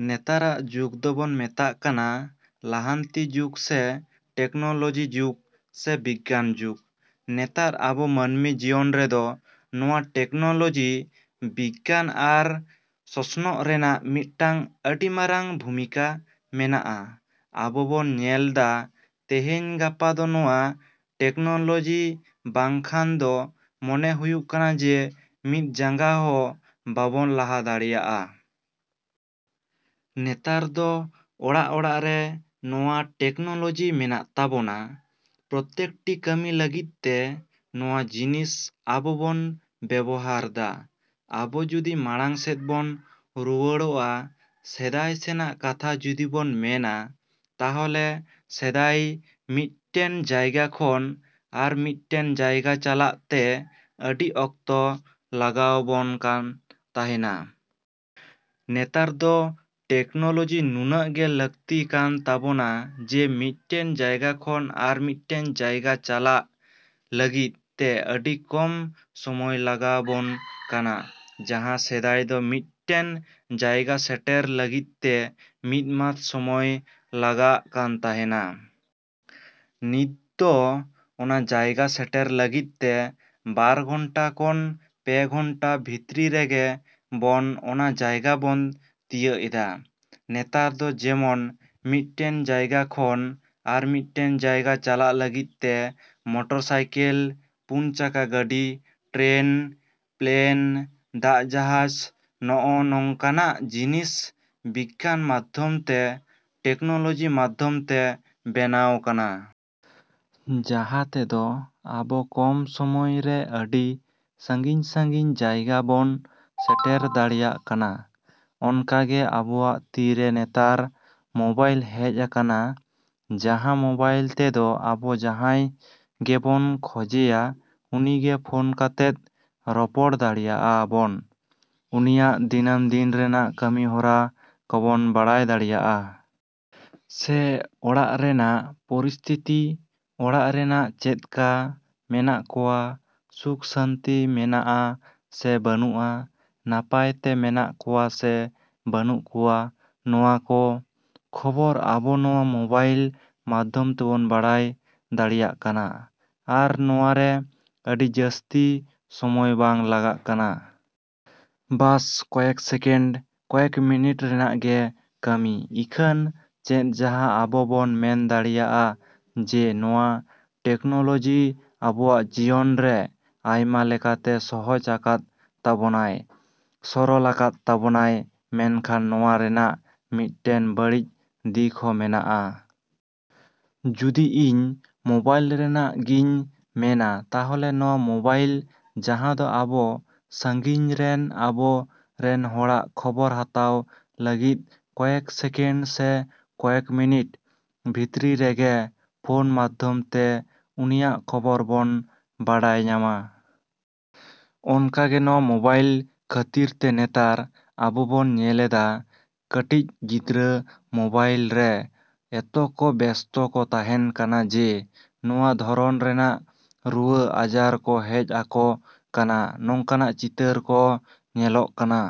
ᱱᱮᱛᱟᱨᱟᱜ ᱡᱩᱜᱽ ᱫᱚᱵᱚᱱ ᱢᱮᱛᱟᱜ ᱠᱟᱱᱟ ᱞᱟᱦᱟᱱᱛᱤ ᱡᱩᱜᱽ ᱥᱮ ᱴᱮᱠᱱᱳᱞᱳᱡᱤ ᱡᱩᱜᱽ ᱥᱮ ᱵᱤᱜᱽᱜᱟᱱ ᱡᱩᱜᱽ᱾ ᱱᱮᱛᱟᱨ ᱟᱵᱚ ᱢᱟᱹᱱᱢᱤ ᱡᱤᱭᱚᱱ ᱨᱮᱫᱚ ᱱᱚᱣᱟ ᱴᱮᱠᱱᱳᱞᱳᱡᱤ, ᱵᱤᱜᱽᱜᱟᱱ ᱟᱨ ᱥᱚᱥᱱᱚᱜ ᱨᱮᱱᱟᱜ ᱢᱤᱫᱴᱟᱝ ᱟᱹᱰᱤ ᱢᱟᱨᱟᱝ ᱵᱷᱩᱢᱤᱠᱟ ᱢᱮᱱᱟᱜᱼᱟ᱾ ᱟᱵᱚ ᱵᱚᱱ ᱧᱮᱞ ᱫᱟ ᱛᱮᱦᱮᱧ ᱜᱟᱯᱟ ᱫᱚ ᱱᱚᱣᱟ ᱴᱮᱠᱱᱳᱞᱳᱡᱤ ᱵᱟᱝᱠᱷᱟᱱ ᱫᱚ ᱢᱚᱱᱮ ᱦᱩᱭᱩᱜ ᱠᱟᱱᱟ ᱡᱮ ᱢᱤᱫ ᱡᱟᱸᱜᱟ ᱦᱚᱸ ᱵᱟᱵᱚᱱ ᱞᱟᱦᱟ ᱫᱟᱲᱮᱭᱟᱜᱼᱟ᱾ ᱱᱮᱛᱟᱨ ᱫᱚ ᱚᱲᱟᱜᱼᱚᱲᱟᱜ ᱨᱮ ᱱᱚᱣᱟ ᱴᱮᱠᱱᱳᱞᱳᱡᱤ ᱢᱮᱱᱟᱜ ᱛᱟᱵᱚᱱᱟ᱾ ᱯᱨᱚᱛᱮᱠᱴᱤ ᱠᱟᱹᱢᱤ ᱞᱟᱹᱜᱤᱫ ᱛᱮ ᱱᱚᱣᱟ ᱡᱤᱱᱤᱥ ᱟᱵᱚ ᱵᱚᱱ ᱵᱮᱵᱚᱦᱟᱨ ᱫᱟ᱾ ᱟᱵᱚ ᱡᱩᱫᱤ ᱢᱟᱲᱟᱝ ᱥᱮᱫ ᱵᱚᱱ ᱨᱩᱣᱟᱹᱲᱚᱜᱼᱟ, ᱥᱮᱫᱟᱭ ᱥᱮᱱᱟᱜ ᱠᱟᱛᱷᱟ ᱡᱩᱫᱤ ᱵᱚᱱ ᱢᱮᱱᱟ ᱛᱟᱦᱚᱞᱮ ᱥᱮᱫᱟᱭ ᱢᱤᱫᱴᱮᱱ ᱡᱟᱭᱜᱟ ᱠᱷᱚᱱ ᱟᱨ ᱢᱤᱫᱴᱮᱱ ᱡᱟᱭᱜᱟ ᱪᱟᱞᱟᱜ ᱛᱮ ᱟᱹᱰᱤ ᱚᱠᱛᱚ ᱞᱟᱜᱟᱣ ᱵᱚᱱ ᱠᱟᱱ ᱛᱟᱦᱮᱸᱱᱟ᱾ ᱱᱮᱛᱟᱨ ᱫᱚ ᱴᱮᱠᱱᱳᱞᱳᱡᱤ ᱱᱩᱱᱟᱹᱜ ᱜᱮ ᱞᱟᱹᱠᱛᱤ ᱠᱟᱱ ᱛᱟᱵᱚᱱᱟ, ᱡᱮ ᱢᱤᱫᱴᱮᱱ ᱡᱟᱭᱜᱟ ᱠᱷᱚᱱ ᱟᱨᱚ ᱢᱤᱫᱴᱮᱱ ᱡᱟᱭᱜᱟ ᱪᱟᱞᱟᱜ ᱞᱟᱹᱜᱤᱫ ᱛᱮ ᱟᱹᱰᱤ ᱠᱚᱢ ᱥᱚᱢᱚᱭ ᱞᱟᱜᱟᱣ ᱵᱚᱱ ᱠᱟᱱᱟ᱾ ᱡᱟᱦᱟᱸ ᱥᱮᱫᱟᱭ ᱫᱚ ᱢᱤᱫᱴᱮᱱ ᱡᱟᱭᱜᱟ ᱥᱮᱴᱮᱨ ᱞᱟᱹᱜᱤᱫ ᱛᱮ ᱢᱤᱫ ᱢᱟᱥ ᱥᱚᱢᱚᱭ ᱞᱟᱜᱟᱜ ᱠᱟᱱ ᱛᱟᱦᱮᱱᱟ᱾ ᱱᱤᱛ ᱫᱚ ᱚᱱᱟ ᱡᱟᱭᱜᱟ ᱥᱮᱴᱮᱨ ᱞᱟᱹᱜᱤᱫ ᱛᱮ ᱵᱟᱨ ᱜᱷᱚᱱᱴᱟ ᱠᱷᱚᱱ ᱯᱮ ᱜᱷᱚᱱᱴᱟ ᱵᱷᱤᱛᱤᱨ ᱨᱮᱜᱮ ᱵᱚᱱ ᱚᱱᱟ ᱡᱟᱭᱜᱟ ᱵᱚᱱ ᱛᱤᱭᱟᱹᱜ ᱮᱫᱟ᱾ ᱱᱮᱛᱟᱨ ᱫᱚ ᱡᱮᱢᱚᱱ ᱢᱤᱫᱴᱮᱱ ᱡᱟᱭᱜᱟ ᱠᱷᱚᱱ ᱟᱨ ᱢᱤᱫᱴᱮᱱ ᱡᱟᱭᱜᱟ ᱪᱟᱞᱟᱜ ᱞᱟᱹᱜᱤᱫ ᱛᱮ ᱢᱚᱴᱚᱨ ᱥᱟᱭᱠᱮᱞ, ᱯᱩᱱ ᱪᱟᱠᱟ ᱜᱟᱹᱰᱤ, ᱴᱨᱮᱱ, ᱯᱞᱮᱱ, ᱫᱟᱜ ᱡᱟᱦᱟᱡᱽ ᱱᱚᱜᱼᱚ ᱱᱚᱝ ᱠᱟᱱᱟᱜ ᱡᱤᱱᱤᱥ ᱵᱤᱜᱽᱜᱟᱱ ᱢᱟᱫᱽᱫᱷᱚᱢ ᱛᱮ, ᱴᱮᱠᱱᱳᱞᱳᱡᱤ ᱢᱟᱫᱽᱫᱷᱚᱢ ᱛᱮ ᱵᱮᱱᱟᱣ ᱠᱟᱱᱟ᱾ ᱡᱟᱦᱟᱸ ᱛᱮᱫᱚ ᱟᱵᱚ ᱠᱚᱢ ᱥᱚᱢᱚᱭ ᱨᱮ ᱟᱰᱤ ᱥᱟᱺᱜᱤᱧᱼᱥᱟᱺᱜᱤᱧ ᱡᱟᱭᱜᱟ ᱵᱚᱱ ᱥᱮᱴᱮᱨ ᱫᱟᱲᱮᱭᱟᱜ ᱠᱟᱱᱟ᱾ ᱚᱱᱠᱟᱜᱮ ᱟᱵᱚᱣᱟᱜ ᱛᱤᱨᱮ ᱱᱮᱛᱟᱨ ᱢᱳᱵᱟᱭᱤᱞ ᱦᱮᱡ ᱠᱟᱱᱟ ᱡᱟᱦᱟᱸ ᱢᱳᱵᱟᱭᱤᱞ ᱛᱮ ᱫᱚ ᱟᱵᱚ ᱡᱟᱦᱟᱸᱭ ᱜᱮᱵᱚᱱ ᱠᱷᱚᱡᱮᱭᱟ ᱩᱱᱤᱜᱮ ᱯᱷᱳᱱ ᱠᱟᱛᱮᱫ ᱨᱚᱯᱚᱲ ᱫᱟᱲᱮᱭᱟᱜᱼᱟ ᱵᱚᱱ, ᱩᱱᱤᱭᱟᱜ ᱫᱤᱱᱟᱹᱢ ᱫᱤᱱ ᱨᱮᱱᱟᱜ ᱠᱟᱹᱢᱤ ᱦᱚᱨᱟ ᱠᱚᱵᱚᱱ ᱵᱟᱰᱟᱭ ᱫᱟᱲᱮᱭᱟᱜᱼᱟ᱾ ᱥᱮ ᱚᱲᱟᱜ ᱨᱮᱱᱟᱜ ᱯᱚᱨᱤᱥᱛᱷᱤᱛᱤ, ᱚᱲᱟᱜ ᱨᱮᱱ ᱪᱮᱫᱠᱟ ᱢᱮᱱᱟᱜ ᱠᱚᱣᱟ, ᱥᱩᱠᱼᱥᱟᱹᱱᱛᱤ ᱢᱮᱱᱟᱜᱼᱟ ᱥᱮ ᱵᱟᱹᱱᱩᱜᱼᱟ, ᱱᱟᱯᱟᱭ ᱛᱮ ᱢᱮᱱᱟᱜ ᱠᱚᱣᱟ ᱥᱮ ᱵᱟᱹᱱᱩᱜ ᱠᱚᱣᱟ ᱱᱚᱣᱟ ᱠᱚ, ᱠᱷᱚᱵᱚᱨ ᱟᱵᱚ ᱱᱚᱣᱟ ᱢᱳᱵᱟᱭᱤᱞ ᱢᱟᱫᱽᱫᱷᱚᱢ ᱛᱮᱵᱚᱱ ᱵᱟᱰᱟᱭ ᱫᱟᱲᱮᱭᱟᱜ ᱠᱟᱱᱟ᱾ ᱟᱨ ᱱᱚᱣᱟ ᱨᱮ ᱟᱹᱰᱤ ᱡᱟᱹᱥᱛᱤ ᱥᱚᱢᱚᱭ ᱵᱟᱝ ᱞᱟᱜᱟᱜᱼᱠᱟᱱᱟ᱾ ᱵᱟᱥ ᱠᱚᱭᱮᱠ ᱥᱮᱠᱮᱱᱰ, ᱠᱚᱭᱮᱠ ᱢᱤᱱᱤᱴ ᱨᱮᱱᱟᱜ ᱜᱮ ᱠᱟᱹᱢᱤ᱾ ᱤᱠᱷᱟᱹᱱ ᱪᱮᱫ ᱡᱟᱦᱟᱸ ᱟᱵᱚ ᱵᱚᱱ ᱢᱮᱱ ᱫᱟᱲᱮᱭᱟᱜᱼᱟ ᱡᱮ ᱱᱚᱣᱟ ᱴᱮᱠᱱᱳᱞᱳᱡᱤ ᱟᱵᱚᱣᱟᱜ ᱡᱤᱭᱚᱱ ᱨᱮ ᱟᱭᱢᱟ ᱞᱮᱠᱟᱛᱮ ᱥᱚᱦᱚᱡᱽ ᱟᱠᱟᱫ ᱛᱟᱵᱚᱱᱟᱭ, ᱥᱚᱨᱚᱞ ᱟᱠᱟᱫ ᱛᱟᱵᱚᱱᱟᱭ᱾ ᱢᱮᱱᱠᱷᱟᱱ ᱱᱚᱣᱟ ᱨᱮᱱᱟᱜ ᱢᱤᱫᱴᱮᱱ ᱵᱟᱹᱲᱤᱡ ᱫᱤᱠ ᱦᱚᱸ ᱢᱮᱱᱟᱜᱼᱟ᱾ ᱡᱩᱫᱤ ᱤᱧ ᱢᱳᱵᱟᱭᱤᱞ ᱨᱮᱱᱟᱜ ᱜᱤᱧ ᱢᱮᱱᱟ ᱛᱟᱦᱚᱞᱮ ᱱᱚᱣᱟ ᱢᱳᱵᱟᱭᱤᱞ ᱡᱟᱦᱟᱸ ᱫᱚ ᱟᱵᱚ ᱥᱟᱺᱜᱤᱧ ᱨᱮᱱ ᱟᱵᱚ ᱨᱮᱱ ᱦᱚᱲᱟᱜ ᱠᱷᱚᱵᱚᱨ ᱦᱟᱛᱟᱣ ᱞᱟᱹᱜᱤᱫ ᱠᱚᱭᱮᱠ ᱥᱮᱠᱮᱱᱰ ᱥᱮ ᱠᱚᱭᱮᱠ ᱢᱤᱱᱤᱴ ᱵᱷᱤᱛᱨᱤ ᱨᱮᱜᱮ ᱯᱷᱳᱱ ᱢᱟᱫᱽᱫᱷᱚᱢ ᱛᱮ ᱩᱱᱤᱭᱟᱜ ᱠᱷᱚᱵᱚᱨ ᱵᱚᱱ ᱵᱟᱰᱟᱭ ᱧᱟᱢᱟ᱾ ᱚᱱᱠᱟᱜᱮ ᱱᱚᱣᱟ ᱢᱳᱵᱟᱭᱤᱞ ᱠᱷᱟᱹᱛᱤᱨ ᱛᱮ ᱱᱮᱛᱟᱨ, ᱟᱵᱚ ᱵᱚᱱ ᱧᱮᱞᱮᱫᱟ ᱠᱟᱹᱴᱤᱡ ᱜᱤᱫᱽᱨᱟᱹ ᱢᱳᱵᱟᱭᱤᱞ ᱨᱮ ᱮᱛᱚ ᱠᱚ ᱵᱮᱥᱛᱚ ᱠᱚ ᱛᱟᱦᱮᱸᱱ ᱠᱟᱱᱟ ᱡᱮ, ᱱᱚᱣᱟ ᱫᱷᱚᱨᱚᱱ ᱨᱮᱱᱟᱜ ᱨᱩᱣᱟᱹ, ᱟᱡᱟᱨ ᱠᱚ ᱦᱮᱡ ᱟᱠᱚ ᱠᱟᱱᱟ᱾ ᱱᱚᱝᱠᱟᱱᱟᱜ ᱪᱤᱛᱟᱹᱨ ᱠᱚ ᱧᱮᱞᱚᱜ ᱠᱟᱱᱟ᱾